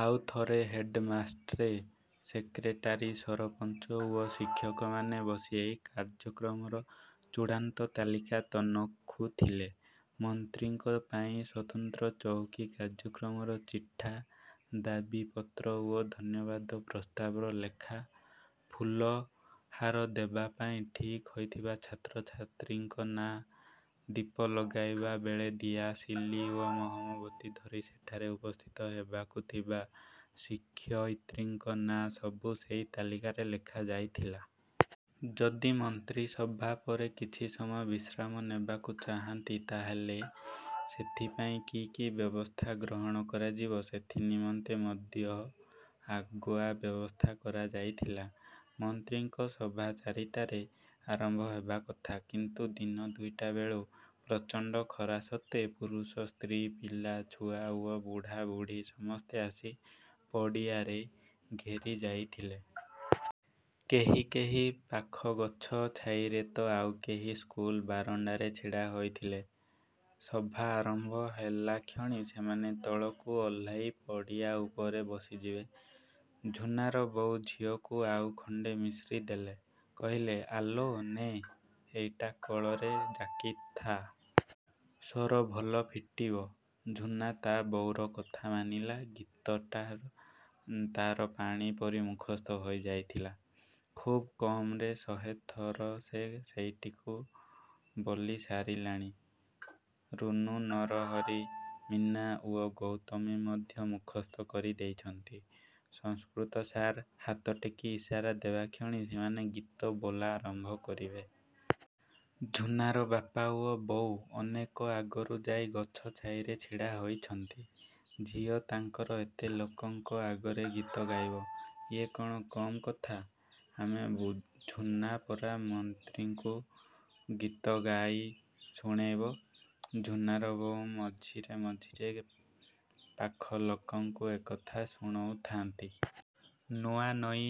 ଆଉ ଥରେ ହେଡ୍‌ମାଷ୍ଟ୍ରେ, ସେକ୍ରେଟାରୀ, ସରପଞ୍ଚ ଓ ଶିକ୍ଷକମାନେ ବସି କାର୍ଯ୍ୟକ୍ରମର ଚୂଡ଼ାନ୍ତ ତାଲିକା ତନଖୁଥିଲେ। ମନ୍ତ୍ରୀଙ୍କ ପାଇଁ ସ୍ୱତନ୍ତ୍ର ଚଉକୀ, କାର୍ଯ୍ୟକ୍ରମର ଚିଠା, ଦାବି ପତ୍ର ଓ ଧନ୍ୟବାଦ ପ୍ରସ୍ତାବର ଲେଖା, ଫୁଲହାର ଦେବା ପାଇଁ ଠିକ୍ ହୋଇଥିବା ଛାତ୍ରଛାତ୍ରୀଙ୍କ ନାଁ, ଦୀପ ଲଗାଇବା ବେଳେ ଦିଆଶିଲି ଓ ମହମବତି ଧରି ସେଠାରେ ଉପସ୍ଥିତ ହେବାକୁ ଥିବା ଶିକ୍ଷୟିତ୍ରୀଙ୍କ ନାଁ ସବୁ ସେଇ ତାଲିକାରେ ଲେଖାଯାଇଥିଲା। ଯଦି ମନ୍ତ୍ରୀ ସଭା ପରେ କିଛି ସମୟ ବିଶ୍ରାମ ନେବାକୁ ଚାହାନ୍ତି ତାହେଲେ ସେଥିପାଇଁ କି କି ବ୍ୟବସ୍ଥା ଗ୍ରହଣ କରାଯିବ ସେଥି ନିମନ୍ତେ ମଧ୍ୟ ଆଗୁଆ ବ୍ୟବସ୍ଥା କରାଯାଇଥିଲା। ମନ୍ତ୍ରୀଙ୍କ ସଭା ଚାରିଟାରେ ଆରମ୍ଭ ହେବା କଥା କିନ୍ତୁ ଦିନ ଦୁଇଟା ବେଳୁ, ପ୍ରଚଣ୍ଡ ଖରା ସତ୍ତ୍ୱେ, ପୁରୁଷ, ସ୍ତ୍ରୀ, ପିଲା, ଛୁଆ ଓ ବୁଢ଼ା ବୁଢ଼ୀ ସମସ୍ତେ ଆସି ପଡ଼ିଆରେ ଘେରି ଯାଇଥିଲେ। କେହି କେହି ପାଖ ଗଛ ଛାଇରେ ତ ଆଉ କେହି ସ୍କୁଲ ବାରଣ୍ଡାରେ ଛିଡ଼ା ହେଇଥିଲେ, ସଭା ଆରମ୍ଭ ହେଲାକ୍ଷଣି ସେମାନେ ତଳକୁ ଓହ୍ଲେଇ ପଡ଼ିଆ ଉପରେ ବସିଯିବେ। ଝୁନାର ବୋଉ ଝିଅକୁ ଆଉ ଖଣ୍ଡେ ମିଶ୍ରି ଦେଲେ। କହିଲେ, ଆଲୋ ନେ, ଏଇଟା କଳରେ ଜାକିଥା। ସ୍ୱର ଭଲ ଫିଟିବ।" ଝୁନା ତା ବୋଉର କଥା ମାନିଲା। ଗୀତଟା ତାର ପାଣି ପରି ମୁଖସ୍ଥ ହେଇ ଯାଇଥିଲା। ଖୁବ୍ କମରେ ଶହେଥର ସେ ସେଇଟିକୁ ବୋଲି ସାରିଲାଣି। ରୁନୁ, ନରହରି, ମୀନା ଓ ଗୌତମୀ ମଧ୍ୟ ମୁଖସ୍ଥ କରି ଦେଇଛନ୍ତି। ସଂସ୍କୃତ ସାର୍ ହାତଟେକି ଇସାରା ଦେବା କ୍ଷଣି ସେମାନେ ଗୀତ ବୋଲା ଆରମ୍ଭ କରିବେ। ଝୁନାର ବାପା ଓ ବୋଉ ଅନେକ ଆଗରୁ ଯାଇ ଗଛ ଛାଇରେ ଛିଡ଼ା ହୋଇଛନ୍ତି। ଝିଅ ତାଙ୍କର ଏତେ ଲୋକଙ୍କ ଆଗରେ ଗୀତ ଗାଇବ, ଇଏ କଣ କମ୍ କଥା। ଆମେ ଝୁନା ପରା ମନ୍ତ୍ରୀଙ୍କୁ ଗୀତ ଗାଇ ଶୁଣେଇବ। ଝୁନାର ବୋଉ ମଝିରେ ମଝିରେ ପାଖ ଲୋକଙ୍କୁ ଏକଥା ଶୁଣଉଥାଆନ୍ତି। ନୂଆନଈ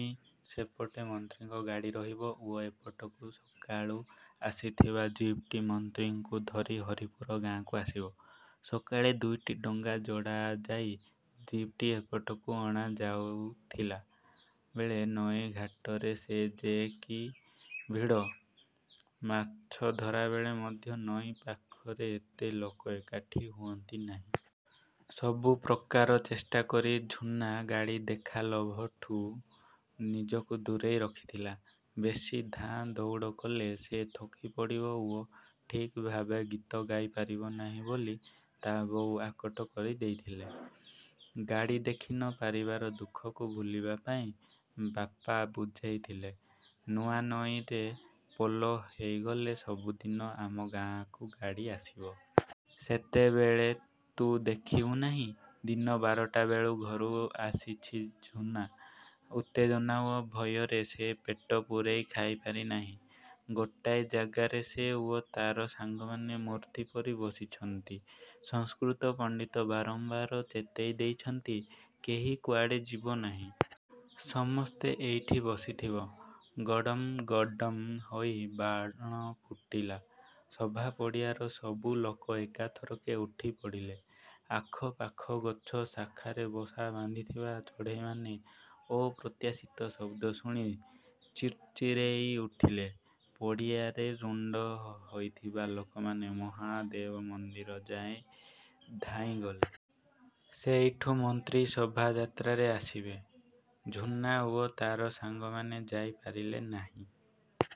ସେପଟେ ମନ୍ତ୍ରୀଙ୍କ ଗାଡ଼ି ରହିବ ଓ ଏପଟକୁ ସକାଳୁ ଆସିଥିବା ଜିପ୍‌ଟି ମନ୍ତ୍ରୀଙ୍କୁ ଧରି ହରିପୁର ଗାଁକୁ ଆସିବ। ସକାଳେ ଦୁଇଟି ଡଙ୍ଗା ଯୋଡ଼ାଯାଇ ଜିପ୍‌ଟି ଏପଟକୁ ଅଣାଯାଉଥିଲା ବେଳେ ନଈଘାଟରେ ସେ ଯେ କି ଭିଡ଼! ମାଛଧରା ବେଳେ ମଧ୍ୟ ନଈ ପାଖରେ ଏତେ ଲୋକ ଏକାଠି ହୁଅନ୍ତି ନାହିଁ। ସବୁ ପ୍ରକାର ଚେଷ୍ଟା କରି ଝୁନା ଗାଡ଼ି ଦେଖା ଲୋଭଠୁ ନିଜକୁ ଦୂରେଇ ରଖିଥିଲା। ବେଶୀ ଧାଁ ଦଉଡ଼ କଲେ ସେ ଥକି ପଡ଼ିବ ଓ ଠିକ୍ ଭାବେ ଗୀତ ଗାଇ ପାରିବ ନାହିଁ ବୋଲି ତା ବୋଉ ଆକଟ କରି ଦେଇଥିଲେ। ଗାଡ଼ି ଦେଖି ନ ପାରିବାର ଦୁଃଖକୁ ଭୁଲିବା ପାଇଁ ବାପା ବୁଝେଇଥିଲେ, ନୂଆନଈରେ ପୋଲ ହେଇଗଲେ ସବୁଦିନ ଆମ ଗାଁକୁ ଗାଡ଼ି ଆସିବ। ସେତେବେଳେ ତୁ ଦେଖିବୁ ନାହିଁ! ଦିନ ବାରଟା ବେଳୁ ଘରୁ ଆସିଛି ଝୁନା। ଉତ୍ତେଜନା ଓ ଭୟରେ ସେ ପେଟ ପୂରେଇ ଖାଇପାରି ନାହିଁ। ଗୋଟାଏ ଜାଗାରେ ସେ ଓ ତାର ସାଙ୍ଗମାନେ ମୂର୍ତ୍ତି ପରି ବସିଛନ୍ତି। ସଂସ୍କୃତ ପଣ୍ଡିତ ବାରମ୍ବାର ଚେତେଇ ଦେଇଛନ୍ତି, କେହି କୁଆଡ଼େ ଯିବ ନାହିଁ। ସମସ୍ତେ ଏଇଠି ବସିଥିବ। ଗଡ଼ମ୍ ଗଡମ ହୋଇ ବାଣ ଫୁଟିଲା। ସଭା ପଡ଼ିଆର ସବୁ ଲୋକ ଏକାଥରକେ ଉଠି ପଡ଼ିଲେ। ଆଖପାଖ ଗଛ ଶାଖାରେ ବସା ବାନ୍ଧିଥିବା ଚଢ଼େଇମାନେ ଅପ୍ରତ୍ୟାଶିତ ଶବ୍ଦ ଶୁଣି ଚିର୍ଚିରେଇ ଉଠିଲେ। ପଡ଼ିଆରେ ରୁଣ୍ଡ ହୋଇଥିବା ଲୋକମାନେ ମହାଦେବ ମନ୍ଦିର ଯାଏ ଧାଇଁଗଲେ। ସେଇଠୁ ମନ୍ତ୍ରୀ ଶୋଭାଯାତ୍ରାରେ ଆସିବେ। ଝୁନା ଓ ତାର ସାଙ୍ଗମାନେ ଯାଇପାରିଲେ ନାହିଁ।